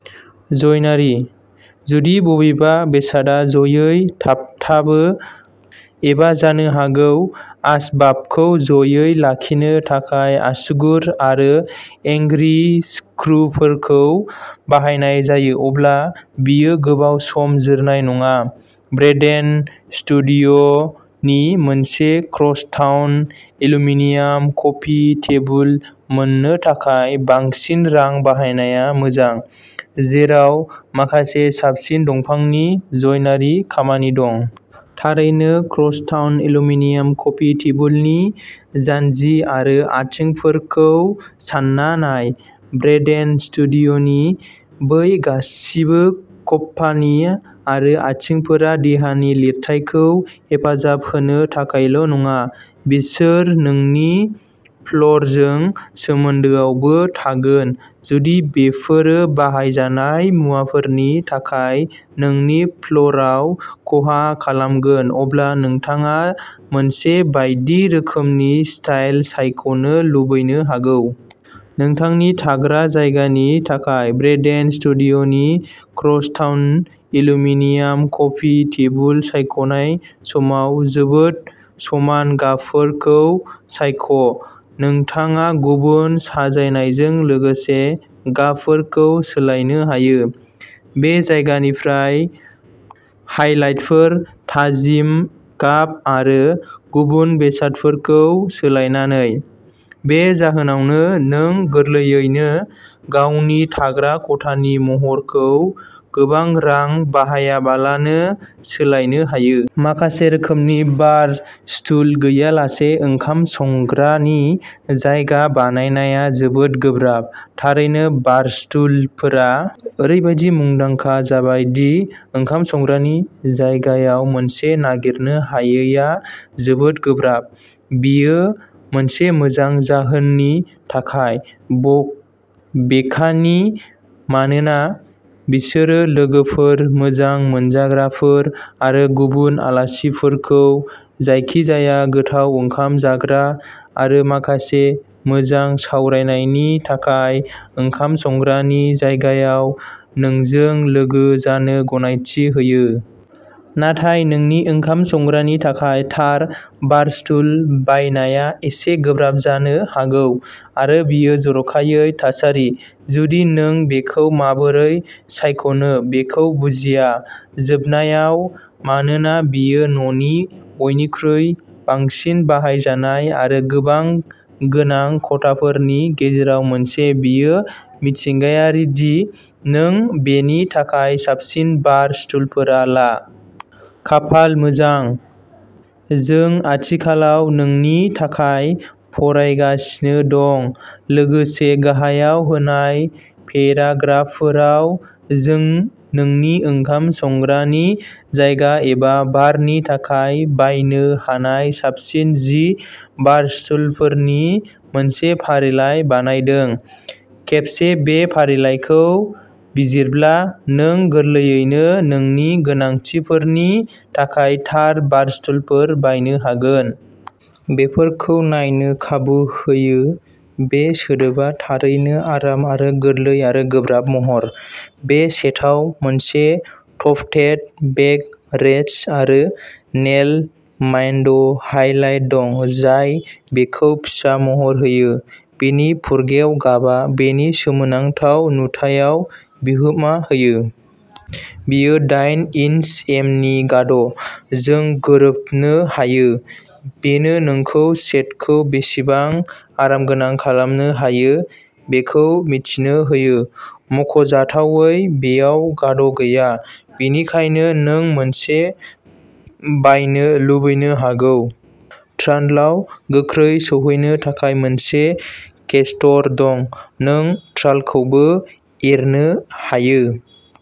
जयनारी, जुदि बबेबा बेसादआ जयै थाबथाबो एबा जानो हागौ आसबाबखौ जयै लाखिनो थाखाय आसुगुर आरो एंग्रिं स्क्रुफोरखौ बाहायनाय जायो अब्ला बेयो गोबाव सम जोरनाय नङा। ब्रेडेन स्टुडिय'नि मोनसे क्रसटाउन एलुमिनियाम कफि टेबुल मोननो थाखाय बांसिन रां बाहायनाया मोजां, जेराव माखासे साबसिन दंफांनि जयनारी खामानि दं। थारैनो क्रसटाउन एलुमिनियाम कफि टेबुलनि जानजि आरो आथिंफोरखौ सान्ना नाय। ब्रेडेन स्टुडिय'नि बै गासिबो खप्पानि आरो आथिंफोरा देहानि लिरथाइखौ हेफाजाब होनो थाखायल' नङा, बिसोर नोंनि फ्ल'रजों सोमोन्दोआवबो थागोन। जुदि बेफोरो बाहायजानाय मुवाफोरनि थाखाय नोंनि फ्ल'रआव खहा खालामगोन अब्ला नोंथाङा मोनसे बायदि रोखोमनि स्टाइल सायख'नो लुबैनो हागौ। नोंथांनि थाग्रा जायगानि थाखाय ब्रेडेन स्टुडिय'नि क्रसटाउन एलुमिनियाम कफि टेबुल सायख'नाय समाव, जोबोद समान गाबफोरखौ सायख'। नोंथाङा गुबुन साजायनायजों लोगोसे गाबफोरखौ सोलायनो हायो। बै जायगानिफ्राय हाइलाइटफोर थाजिम गाब आरो गुबुन बेसादफोरखौ सोलायनानै। बे जाहोनावनो नों गोरलैयैनो गावनि थाग्रा खथानि महरखौ गोबां रां बाहायालाबानो सोलायनो हायो। माखासे रोखोमनि बार स्टुल गैयालासे ओंखाम संग्रानि जायगा बानायनाया जोबोद गोब्राब। थारैनो बारस्टुलफोरा ओरैबायदि मुंदांखा जाबाय दि ओंखाम संग्रानि जायगायाव मोनसे नागिरनो हायैआ जोबोद गोब्राब। बेयो मोनसे मोजां जाहोननि थाखाय बबेखानि, मानोना बिसोरो लोगोफोर, मोजां मोनजाग्राफोर आरो गुबुन आलासिफोरखौ जायखिजाया गोथाव ओंखाम जाग्रा आरो माखासे मोजां सावरायनायनि थाखाय ओंखाम संग्रानि जायगायाव नोंजों लोगो जानो गनायथि होयो। नाथाय नोंनि ओंखाम संग्रानि थाखाय थार बारस्टुल बायनाया एसे गोब्राब जानो हागौ आरो बेयो जर'खायै थासारि, जुदि नों बेखौ माबोरै सायख'नो बेखौ बुजिया। जोबनायाव, मानोना बेयो न'नि बयनिख्रुइ बांसिन बाहायजानाय आरो गोबां गोनां खथाफोरनि गेजेराव मोनसे, बेयो मिथिंगायारि दि नों बेनि थाखाय साबसिन बार स्टुलफोर ला। खाफाल मोजां, जों आथिखालाव नोंनि थाखाय फरायगासिनो दं, लोगोसे गाहायाव होनाय पेराग्राफफोराव जों नोंनि ओंखाम संग्रानि जायगा एबा बारनि थाखाय बायनो हानाय साबसिन जि बारस्टुलफोरनि मोनसे फारिलाइ बानायदों। खेबसे बे फारिलाइखौ बिजिरब्ला, नों गोरलैयैनो नोंनि गोनांथिफोरनि थाखाय थार बारस्टुलफोर बायनो हागोन। बेफोरखौ नायनो खाबु होयो बे सोदोबा थारैनो आराम आरो गोरलै आरो गोब्राब महर। बे सेटाव मोनसे टफ्टेड बेक रेस्ट आरो नेल माइन्ड हाइलाइट दं जाय बेखौ फिसा महर होयो। बेनि फुरगेव गाबा बेनि सोमोनांथाव नुथायाव बिहोमा होयो। बेयो दाइन इन्सि एमनि गाद' जों गोरोबनो हायो। बेनो नोंखौ सेटखौ बेसेबां आरामगोनां खालामनो हायो बेखौ मिथिनो होयो। मख'जाथावै, बेयाव गाद' गैया। बेनिखायनो नों मोनसे बायनो लुबैनो हागौ। ट्रान्डलाव गोख्रै सौहैनो थाखाय मोनसे केस्टर दं। नों ट्रान्डलखौबो एरनो हायो।